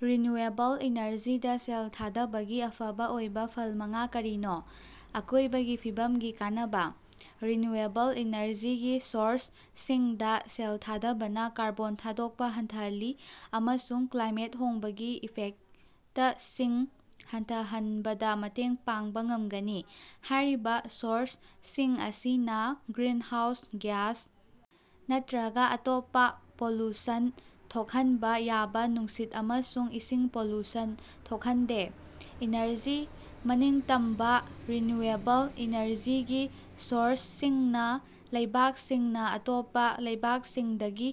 Renewable ꯏꯅꯔꯖꯤꯗ ꯁꯦꯜ ꯊꯥꯗꯕꯒꯤ ꯑꯐꯕ ꯑꯣꯏꯕ ꯐꯜ ꯃꯉꯥ ꯀꯔꯤꯅꯣ? ꯑꯀꯣꯢꯕꯒꯤ ꯐꯤꯕꯝꯒꯤ ꯀꯥꯟꯅꯕ: ꯔꯤꯅ꯭ꯌꯨꯑꯦꯕꯜ ꯏꯅꯔꯖꯤꯒꯤ ꯁꯣꯔꯁꯁꯤꯡꯗ ꯁꯦꯜ ꯊꯥꯗꯕꯅ ꯀꯥꯔꯕꯣꯟ ꯊꯥꯗꯣꯛꯄ ꯍꯟꯊꯍꯜꯂꯤ ꯑꯃꯁꯨꯡ ꯀ꯭ꯂꯥꯏꯃꯦꯠ ꯍꯣꯡꯕꯒꯤ ꯏꯐꯦꯛꯇꯁꯤꯡ ꯍꯟꯊꯍꯟꯕꯗ ꯃꯇꯦꯡ ꯄꯥꯡꯕ ꯉꯝꯒꯅꯤ꯫ ꯍꯥꯢꯔꯤꯕ ꯁꯣꯔꯁꯁꯤꯡ ꯑꯁꯤꯅ ꯒ꯭ꯔꯤꯟꯍꯥꯎꯁ ꯒ꯭ꯌꯥꯁ ꯅꯠꯇ꯭ꯔꯒ ꯑꯇꯣꯞꯄ ꯄꯣꯂꯨꯁꯟ ꯊꯣꯛꯍꯟꯕ ꯌꯥꯕ ꯅꯨꯡꯁꯤꯠ ꯑꯃꯁꯨꯡ ꯏꯁꯤꯡ ꯄꯣꯂꯨꯁꯟ ꯊꯣꯛꯍꯟꯗꯦ꯫ ꯏꯅꯔꯖꯤ ꯃꯅꯤꯡꯇꯝꯕꯥ: ꯔꯤꯅ꯭ꯌꯨꯑꯦꯕꯜ ꯏꯅꯔꯖꯤꯒꯤ ꯁꯣꯔꯁꯁꯤꯡꯅ ꯂꯩꯕꯥꯛꯁꯤꯡꯅ ꯑꯇꯣꯞꯄ ꯂꯩꯕꯥꯛꯁꯤꯡꯗꯒꯤ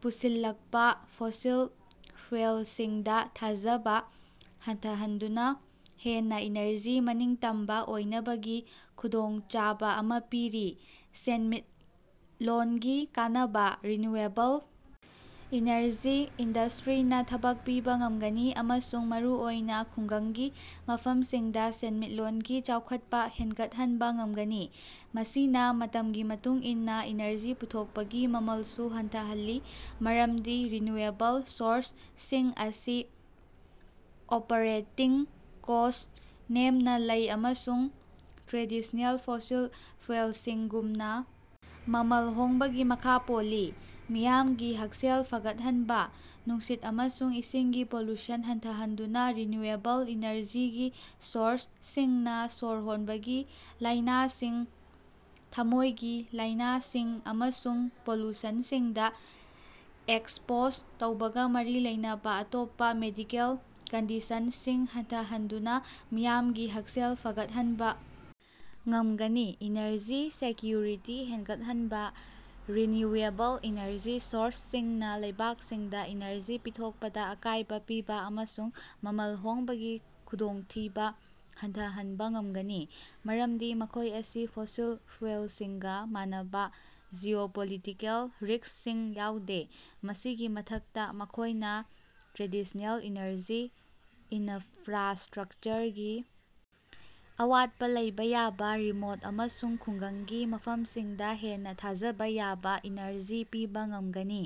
ꯄꯨꯁꯤꯜꯂꯛꯄ ꯐꯣꯁꯤꯜ ꯐ꯭ꯌꯨꯑꯦꯜꯁꯤꯡꯗ ꯊꯥꯖꯕ ꯍꯟꯊꯍꯟꯗꯨꯅ ꯍꯦꯟꯅ ꯏꯅꯔꯖꯤ ꯃꯅꯤꯡꯇꯝꯕ ꯑꯣꯏꯅꯕꯒꯤ ꯈꯨꯗꯣꯡꯆꯥꯕ ꯑꯃ ꯄꯤꯔꯤ꯫ ꯁꯦꯟꯃꯤꯠꯂꯣꯟꯒꯤ ꯀꯥꯟꯅꯕ: ꯔꯤꯅ꯭ꯌꯨꯑꯦꯕꯜ ꯏꯅꯔꯖꯤ ꯏꯟꯗꯁꯇ꯭ꯔꯤꯅ ꯊꯕꯛ ꯄꯤꯕ ꯉꯝꯒꯅꯤ ꯑꯃꯁꯨꯡ ꯃꯔꯨꯑꯣꯏꯅ ꯈꯨꯡꯒꯪꯒꯤ ꯃꯐꯝꯁꯤꯡꯗ ꯁꯦꯟꯃꯤꯠꯂꯣꯟꯒꯤ ꯆꯥꯎꯈꯠꯄ ꯍꯦꯟꯒꯠꯍꯟꯕ ꯉꯝꯒꯅꯤ꯫ ꯃꯁꯤꯅ ꯃꯇꯝꯒꯤ ꯃꯇꯨꯡ ꯏꯟꯅ ꯏꯅꯔꯖꯤ ꯄꯨꯊꯣꯛꯄꯒꯤ ꯃꯃꯜꯁꯨ ꯍꯟꯊꯍꯜꯂꯤ ꯃꯔꯝꯗꯤ ꯔꯤꯅ꯭ꯌꯨꯑꯦꯕꯜ ꯁꯣꯔꯁꯁꯤꯡ ꯑꯁꯤ ꯑꯣꯄꯔꯦꯇꯤꯡ ꯀꯣꯁꯠ ꯅꯦꯝꯅꯥ ꯂꯩ ꯑꯃꯁꯨꯡ ꯇ꯭ꯔꯦꯗꯤꯁꯅꯦꯜ ꯐꯣꯁꯤꯜ ꯐ꯭ꯌꯨꯑꯦꯜꯁꯤꯡꯒꯨꯝꯅ ꯃꯃꯜ ꯍꯣꯡꯕꯒꯤ ꯃꯈꯥ ꯄꯣꯜꯂꯤ꯫ ꯃꯤꯌꯥꯝꯒꯤ ꯍꯛꯁꯦꯜ ꯐꯒꯠꯍꯟꯕ: ꯅꯨꯡꯁꯤꯠ ꯑꯃꯁꯨꯡ ꯏꯁꯤꯡꯒꯤ ꯄꯣꯂꯨꯁꯟ ꯍꯟꯊꯍꯟꯗꯨꯅ ꯔꯤꯅ꯭ꯌꯨꯑꯦꯕꯜ ꯏꯅꯔꯖꯤꯒꯤ ꯁꯣꯔꯁꯁꯤꯡꯅ ꯁꯣꯔ ꯍꯣꯟꯕꯒꯤ ꯂꯥꯢꯅꯁꯤꯡ, ꯊꯃꯣꯢꯒꯤ ꯂꯥꯢꯅꯁꯤꯡ ꯑꯃꯁꯨꯡ ꯄꯣꯂꯨꯁꯟꯁꯤꯡꯗ ꯑꯦꯛꯁꯄꯣꯖ ꯇꯧꯕꯒ ꯃꯔꯤ ꯂꯩꯅꯕ ꯑꯇꯣꯞꯄ ꯃꯦꯗꯤꯀꯦꯜ ꯀꯟꯗꯤꯁꯟꯁꯤꯡ ꯍꯟꯊꯍꯟꯗꯨꯅ ꯃꯤꯌꯥꯝꯒꯤ ꯍꯛꯁꯦꯜ ꯐꯒꯠꯍꯟꯕ ꯉꯝꯒꯅꯤ꯫ ꯏꯅꯔꯖꯤ ꯁꯦꯀ꯭ꯌꯨꯔꯤꯇꯤ ꯍꯦꯟꯒꯠꯍꯟꯕ: ꯔꯤꯅ꯭ꯌꯨꯑꯦꯕꯜ ꯏꯅꯔꯖꯤ ꯁꯣꯔꯁꯁꯤꯡꯅ ꯂꯩꯕꯥꯛꯁꯤꯡꯗ ꯏꯅꯔꯖꯤ ꯄꯤꯊꯣꯛꯄꯗ ꯑꯀꯥꯢꯕ ꯄꯤꯕꯥ ꯑꯃꯁꯨꯡ ꯃꯃꯜ ꯍꯣꯡꯕꯒꯤ ꯈꯨꯗꯣꯡꯊꯤꯕ ꯍꯟꯊꯍꯟꯕ ꯉꯝꯒꯅꯤ ꯃꯔꯝꯗꯤ ꯃꯈꯣꯏ ꯑꯁꯤ ꯐꯣꯁꯤꯜ ꯐ꯭ꯌꯨꯑꯦꯜꯁꯤꯡꯒ ꯃꯥꯟꯅꯕ ꯖꯤꯑꯣꯄꯣꯂꯤꯇꯤꯀꯦꯜ ꯔꯤꯛꯁꯁꯤꯡ ꯌꯥꯎꯗꯦ꯫ ꯃꯁꯤꯒꯤ ꯃꯊꯛꯇ ꯃꯈꯣꯢꯅꯥ ꯇ꯭ꯔꯦꯗꯤꯁꯅꯦꯜ ꯏꯅꯔꯖꯤ ꯏꯅꯐ꯭ꯔꯥꯁꯇ꯭ꯔꯛꯆꯔꯒꯤ ꯑꯋꯥꯠꯄ ꯂꯩꯕꯥ ꯌꯥꯕ ꯔꯤꯃꯣꯠ ꯑꯃꯁꯨꯡ ꯈꯨꯡꯒꯪꯒꯤ ꯃꯐꯝꯁꯤꯡꯗ ꯍꯦꯟꯅ ꯊꯥꯖꯕ ꯌꯥꯕ ꯏꯅꯔꯖꯤ ꯄꯤꯕ ꯉꯝꯒꯅꯤ꯫